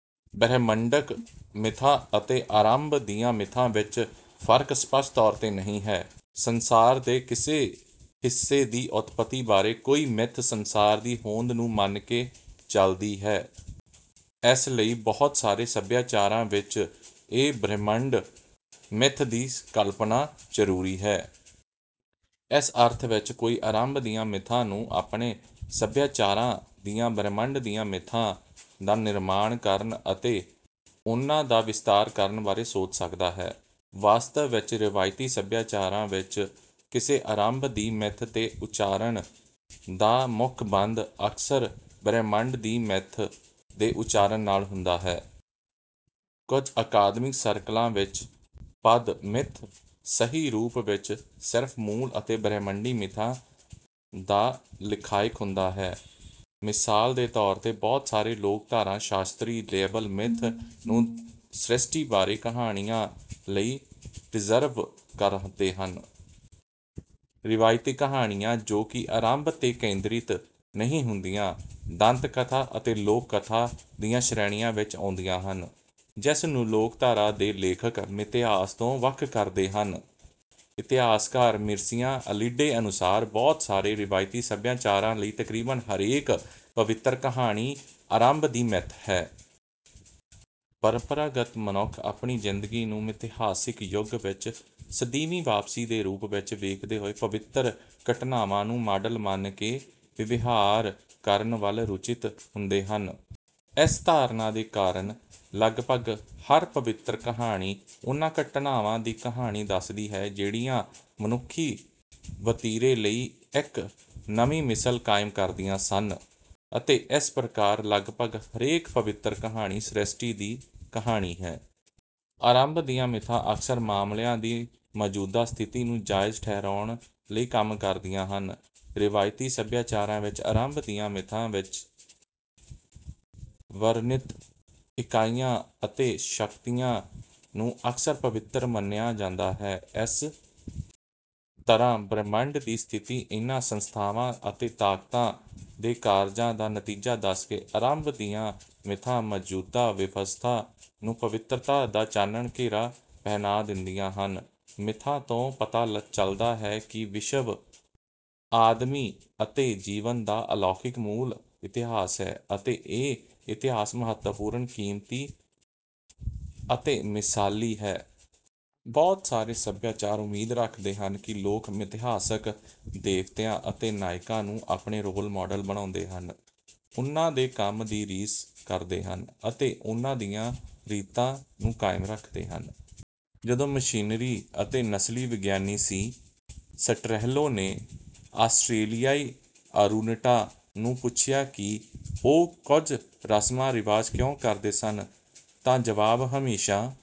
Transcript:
ਬ੍ਰਹਿਮੰਡਕ ਮਿੱਥਾਂ ਅਤੇ ਆਰੰਭ ਦੀਆਂ ਮਿੱਥਾਂ ਵਿੱਚ ਫਰਕ ਸਪੱਸ਼ਟ ਤੌਰ ਤੇ ਨਹੀਂ ਹੈ। ਸੰਸਾਰ ਦੇ ਕਿਸੇ ਹਿੱਸੇ ਦੀ ਉਤਪਤੀ ਬਾਰੇ ਕੋਈ ਵੀ ਮਿੱਥ ਸੰਸਾਰ ਦੀ ਹੋਂਦ ਨੂੰ ਮੰਨ ਕੇ ਚੱਲਦੀ ਹੈ। ਇਸ ਲਈ ਬਹੁਤ ਸਾਰੇ ਸਭਿਆਚਾਰਾਂ ਲਈ, ਇੱਕ ਬ੍ਰਹਿਮੰਡ ਮਿੱਥ ਦੀ ਕਲਪਨਾ ਜ਼ਰੂਰੀ ਹੈ। ਇਸ ਅਰਥ ਵਿੱਚ, ਕੋਈ ਆਰੰਭ ਦੀਆਂ ਮਿੱਥਾਂ ਨੂੰ ਆਪਣੇ ਸਭਿਆਚਾਰਾਂ ਦੀਆਂ 'ਬ੍ਰਹਿਮੰਡ ਦੀਆਂ ਮਿੱਥਾਂ' ਦਾ ਨਿਰਮਾਣ ਕਰਨ ਅਤੇ ਉਨ੍ਹਾਂ ਦਾ ਵਿਸਤਾਰ ਕਰਨ ਬਾਰੇ ਸੋਚ ਸਕਦਾ ਹੈ। ਵਾਸਤਵ ਵਿੱਚ, ਰਵਾਇਤੀ ਸਭਿਆਚਾਰਾਂ ਵਿੱਚ, ਕਿਸੇ ਆਰੰਭ ਦੀ ਮਿੱਥ ਦੇ ਉਚਾਰਨ ਦਾ ਮੁੱਖਬੰਧ ਅਕਸਰ ਬ੍ਰਹਿਮੰਡ ਦੀ ਮਿੱਥ ਦੇ ਉਚਾਰਨ ਨਾਲ ਹੁੰਦਾ ਹੈ। ਕੁਝ ਅਕਾਦਮਿਕ ਸਰਕਲਾਂ ਵਿੱਚ, ਪਦ "ਮਿੱਥ" ਸਹੀ ਰੂਪ ਵਿੱਚ ਸਿਰਫ ਮੂਲ ਅਤੇ ਬ੍ਰਹਿਮੰਡੀ ਮਿੱਥਾਂ ਦਾ ਲਖਾਇਕ ਹੁੰਦਾ ਹੈ। ਮਿਸਾਲ ਦੇ ਤੌਰ ਤੇ, ਬਹੁਤ ਸਾਰੇ ਲੋਕਧਾਰਾ ਸ਼ਾਸਤਰੀ ਲੇਬਲ "ਮਿੱਥ" ਨੂੰ ਸ੍ਰਿਸ਼ਟੀ ਬਾਰੇ ਕਹਾਣੀਆਂ ਲਈ ਰਿਜ਼ਰਵ ਕਰਦੇ ਹਨ। ਰਵਾਇਤੀ ਕਹਾਣੀਆਂ, ਜੋ ਕਿ ਆਰੰਭ 'ਤੇ ਕੇਂਦਰਿਤ ਨਹੀਂ ਹੁੰਦੀਆਂ, 'ਦੰਤਕਥਾ' ਅਤੇ 'ਲੋਕ ਕਥਾ' ਦੀਆਂ ਸ਼੍ਰੇਣੀਆਂ ਵਿੱਚ ਆਉਂਦੀਆਂ ਹਨ, ਜਿਸਨੂੰ ਲੋਕਧਾਰਾ ਦੇ ਲੇਖਕ ਮਿਥਿਹਾਸ ਤੋਂ ਵੱਖ ਕਰਦੇ ਹਨ। ਇਤਿਹਾਸਕਾਰ ਮਿਰਸੀਆ ਅਲੀਡੇ ਅਨੁਸਾਰ, ਬਹੁਤ ਸਾਰੇ ਰਵਾਇਤੀ ਸੱਭਿਆਚਾਰਾਂ ਲਈ, ਤਕਰੀਬਨ ਹਰੇਕ ਪਵਿੱਤਰ ਕਹਾਣੀ ਆਰੰਭ ਦੀ ਮਿੱਥ ਹੈ। ਪਰੰਪਰਾਗਤ ਮਨੁੱਖ ਆਪਣੀ ਜ਼ਿੰਦਗੀ ਨੂੰ ਮਿਥਿਹਾਸਿਕ ਯੁੱਗ ਵੱਲ "ਸਦੀਵੀ ਵਾਪਸੀ" ਦੇ ਰੂਪ ਵਿੱਚ ਵੇਖਦੇ ਹੋਏ ਪਵਿੱਤਰ ਘਟਨਾਵਾਂ ਨੂੰ ਮਾਡਲ ਮੰਨ ਕੇ ਵਿਵਹਾਰ ਕਰਨ ਵੱਲ ਰੁਚਿਤ ਹੁੰਦੇ ਹਨ। ਇਸ ਧਾਰਨਾ ਦੇ ਕਾਰਨ, ਲਗਭਗ ਹਰ ਪਵਿੱਤਰ ਕਹਾਣੀ ਉਹਨਾਂ ਘਟਨਾਵਾਂ ਦੀ ਕਹਾਣੀ ਦੱਸਦੀ ਹੈ ਜਿਹੜੀਆਂ ਮਨੁੱਖੀ ਵਤੀਰੇ ਲਈ ਇੱਕ ਨਵੀਂ ਮਿਸਾਲ ਕਾਇਮ ਕਰਦੀਆਂ ਸਨ, ਅਤੇ ਇਸ ਪ੍ਰਕਾਰ ਲਗਭਗ ਹਰੇਕ ਪਵਿੱਤਰ ਕਹਾਣੀ ਸ੍ਰਿਸ਼ਟੀ ਦੀ ਕਹਾਣੀ ਹੈ। ਆਰੰਭ ਦੀਆਂ ਮਿੱਥਾਂ ਅਕਸਰ ਮਾਮਲਿਆਂ ਦੀ ਮੌਜੂਦਾ ਸਥਿਤੀ ਨੂੰ ਜਾਇਜ਼ ਠਹਿਰਾਉਣ ਲਈ ਕੰਮ ਕਰਦੀਆਂ ਹਨ। ਰਵਾਇਤੀ ਸੱਭਿਆਚਾਰਾਂ ਵਿੱਚ, ਆਰੰਭ ਦੀਆਂ ਮਿੱਥਾਂ ਵਿੱਚ ਵਰਣਿਤ ਇਕਾਈਆਂ ਅਤੇ ਸ਼ਕਤੀਆਂ ਨੂੰ ਅਕਸਰ ਪਵਿੱਤਰ ਮੰਨਿਆ ਜਾਂਦਾ ਹੈ। ਇਸ ਤਰ੍ਹਾਂ ਬ੍ਰਹਿਮੰਡ ਦੀ ਸਥਿਤੀ ਨੂੰ ਇਹਨਾਂ ਸੰਸਥਾਵਾਂ ਅਤੇ ਤਾਕਤਾਂ ਦੇ ਕਾਰਜਾਂ ਦਾ ਨਤੀਜਾ ਦੱਸ ਕੇ ਆਰੰਭ ਦੀਆਂ ਮਿੱਥਾਂ ਮੌਜੂਦਾ ਵਿਵਸਥਾ ਨੂੰ ਪਵਿੱਤਰਤਾ ਦਾ ਚਾਨਣ ਘੇਰਾ ਪਹਿਨਾ ਦਿੰਦੀਆਂ ਹਨ: "ਮਿੱਥਾਂ ਤੋਂ ਪਤਾ ਚਲਦਾ ਹੈ ਕਿ ਵਿਸ਼ਵ, ਆਦਮੀ ਅਤੇ ਜੀਵਨ ਦਾ ਅਲੌਕਿਕ ਮੂਲ ਅਤੇ ਇਤਿਹਾਸ ਹੈ ਅਤੇ ਇਹ ਇਤਿਹਾਸ ਮਹੱਤਵਪੂਰਣ, ਕੀਮਤੀ ਅਤੇ ਮਿਸਾਲੀ ਹੈ।" ਬਹੁਤ ਸਾਰੇ ਸਭਿਆਚਾਰ ਉਮੀਦ ਰੱਖਦੇ ਹਨ ਕਿ ਲੋਕ ਮਿਥਿਹਾਸਕ ਦੇਵਤਿਆਂ ਅਤੇ ਨਾਇਕਾਂ ਨੂੰ ਆਪਣੇ ਰੋਲ ਮਾਡਲ ਬਣਾਉਂਦੇ ਹਨ, ਉਹਨਾਂ ਦੇ ਕੰਮ ਦੀ ਰੀਸ ਕਰਦੇ ਹਨ ਅਤੇ ਉਹਨਾਂ ਦੀਆਂ ਰੀਤਾਂ ਨੂੰ ਕਾਇਮ ਰੱਖਦੇ ਹਨ। ਜਦੋਂ ਮਿਸ਼ਨਰੀ ਅਤੇ ਨਸਲੀ ਵਿਗਿਆਨੀ ਸੀ. ਸਟਰੇਹਲੋ ਨੇ ਆਸਟ੍ਰੇਲੀਆਈ ਅਰੂਨਟਾ ਨੂੰ ਪੁੱਛਿਆ ਕਿ ਉਹ ਕੁਝ ਰਸਮਾਂ ਰਿਵਾਜ ਕਿਉਂ ਕਰਦੇ ਸਨ, ਤਾਂ ਜਵਾਬ ਹਮੇਸ਼ਾਂ।